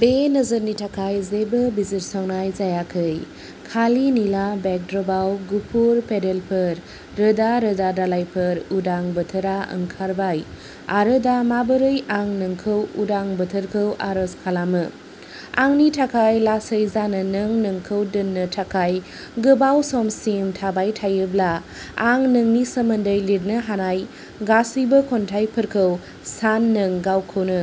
बे नोजोरनि थाखाय जेबो बिजिरसंनाय जायाखै। खालि निला बेकड्रपआव गुफुर पेडेलफोर रोदा-रोदा दालाइफोर उदां बोथोरा ओंखारबाय आरो दा माबोरै आं नोंखौ उदां बोथोरखौ आरज खालामो। आंनि थाखाय लासै जानो नों नोंखौ दोननो थाखाय गोबाव समसिम थाबाय थायोब्ला आं नोंनि सोमोन्दै लिरनो हानाय गासैबो खन्थाइफोरखौ सान नों गावखौनो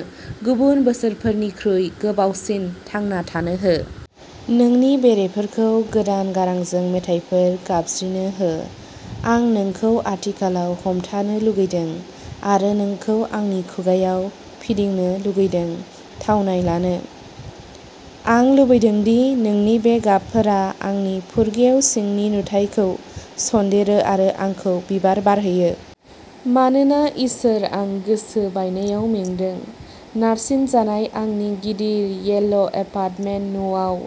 गुबुन बोसोरफोरनिख्रुइ गोबावसिन थांना थानो हो। नोंनि बेरेफोरखौ गोदान गांफोरजों मेथाइफोर गाबज्रिनो हो। आं नोंखौ आथिखालाव हमथानो लुगैदों आरो नोंखौ आंनि खुगाआव फिदिंनो लुगैदों थावनाय लानो। आं लुबैदों दि नोंनि बे गाबफोरा आंनि फुरगेव सिंनि नुथायखौ सनदेरो आरो आंखौ बिबार बारहोयो। मानोना इसोर आं गोसो बायनायाव मेंदों। नारसिनजानाय आंनि गिदिर अल'एपार्टमेन्ट न'आव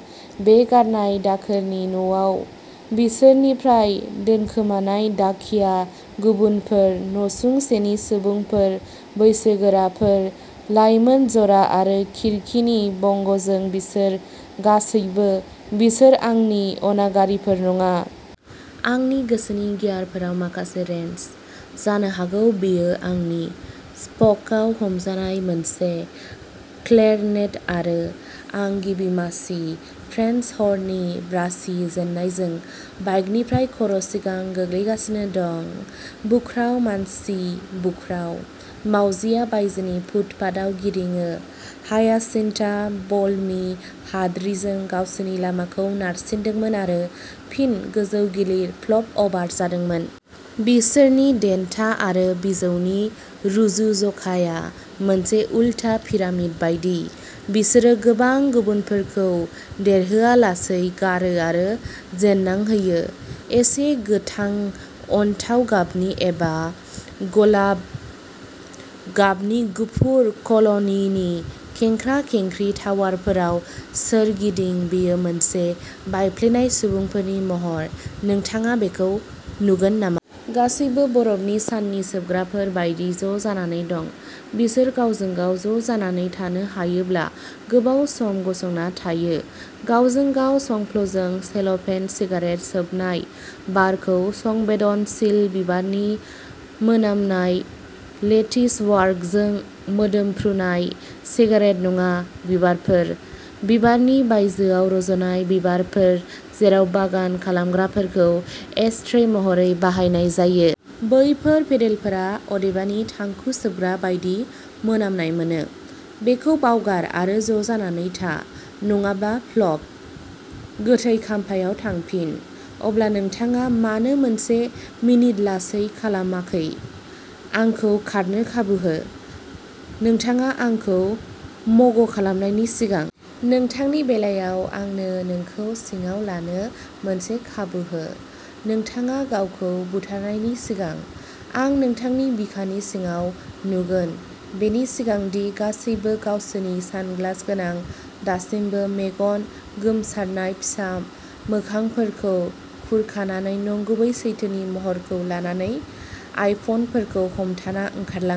बे गारनाय दाखोरनि न'आव बिसोरनिफ्राय दोनखोमानाय डाकिया गुबुनफोर नसुंसेनि सुबुंफोर बैसोगोराफोर, लाइमोन जरा आरो खिरखिनि बंगजों बिसोर गासैबो। बिसोर आंनि अनागारिफोर नङा। आंनि गोसोनि गियारफोराव माखासे रेन्च। जानो हागौ बेयो आंनि स्प'कआव हमजानाय मोनसे क्लेरनेट आरो आं गिबि मासि फ्रेन्स हर्ननि ब्रासि जेननायजों बाइकनिफ्राय खर'सिगां गोग्लैगासिनो दं। बुख्राव मानसि बुख्राव। मावजिआ बायजोनि फुटपाथआव गिदिङो। हायासिन्थआ बलमि हाद्रिजों गावसोरनि लामाखौ नारसिनदोंमोन आरो फिन गोजौ-गिलिर फ्लप अभार जादोंमोन। बिसोरनि देन्था आरो बिजौनि रुजुज'खाया मोनसे उलथा पिरामिड बायदि। बिसोरो गोबां गुबुनफोरखौ देरहोआलासै गारो आरो जेननां होयो। एसे गोथां अन्थाव गाबनि एबा गलाब गाबनि गुफुर कल'निनि खेंख्रा-खेंख्रि टावारफोराव सोरगिदिं। बेयो मोनसे बायफ्लेनाय सुबुंफोरनि महर, नोंथाङा बेखौ नुगोन नामा? गासैबो बरफनि साननि सोबग्राफोर बायदि ज'जानानै दं। बिसोर गावजों-गाव ज'जानानै थानो हायोब्ला गोबाव सम गसंना थायो। गावजों-गाव संफ्लजों सेल'फेन सिगारेट सोबनाय। बारखौ संबेदनशील बिबारनि मोनामनाय लेटिसवर्कजों मोदोमफ्रुनाय। सिगारेट नङा। बिबारफोर। बिबारनि बायजोआव रज'नाय बिबारफोर जेराव बागान खालामग्राफोरखौ एशट्रे महरै बाहायनाय जायो। बैफोर पेडेलफोरा अदेबानि थांखु सोबग्रा बायदि मोनामनाय मोनो। बेखौ बावगार आरो ज'जानानै था। नङाब्ला फ्लप। गोथै खाम्फायाव थांफिन। अब्ला नोंथाङा मानो मोनसे मिनिट लासै खालामाखै? आंखौ खारनो खाबु हो। नोंथाङा आंखौ म'ग खालामनायनि सिगां। नोंथांनि बेलायाव आंनो नोंखौ सिङाव लांनो मोनसे खाबु हो नोंथाङा गावखौ बुथारनायनि सिगां। आं नोंथांनि बिखानि सिङाव नुगोन। बेनि सिगां दि गासैबो गावसोरनि सानग्लास गोनां दासिमबो मेगन गोमसारनाय फिसा मोखांफोरखौ खुरखानानै नंगुबै सैथोनि महरखौ लानानै आइफनफोरखौ हमथाना ओंखारलाङो।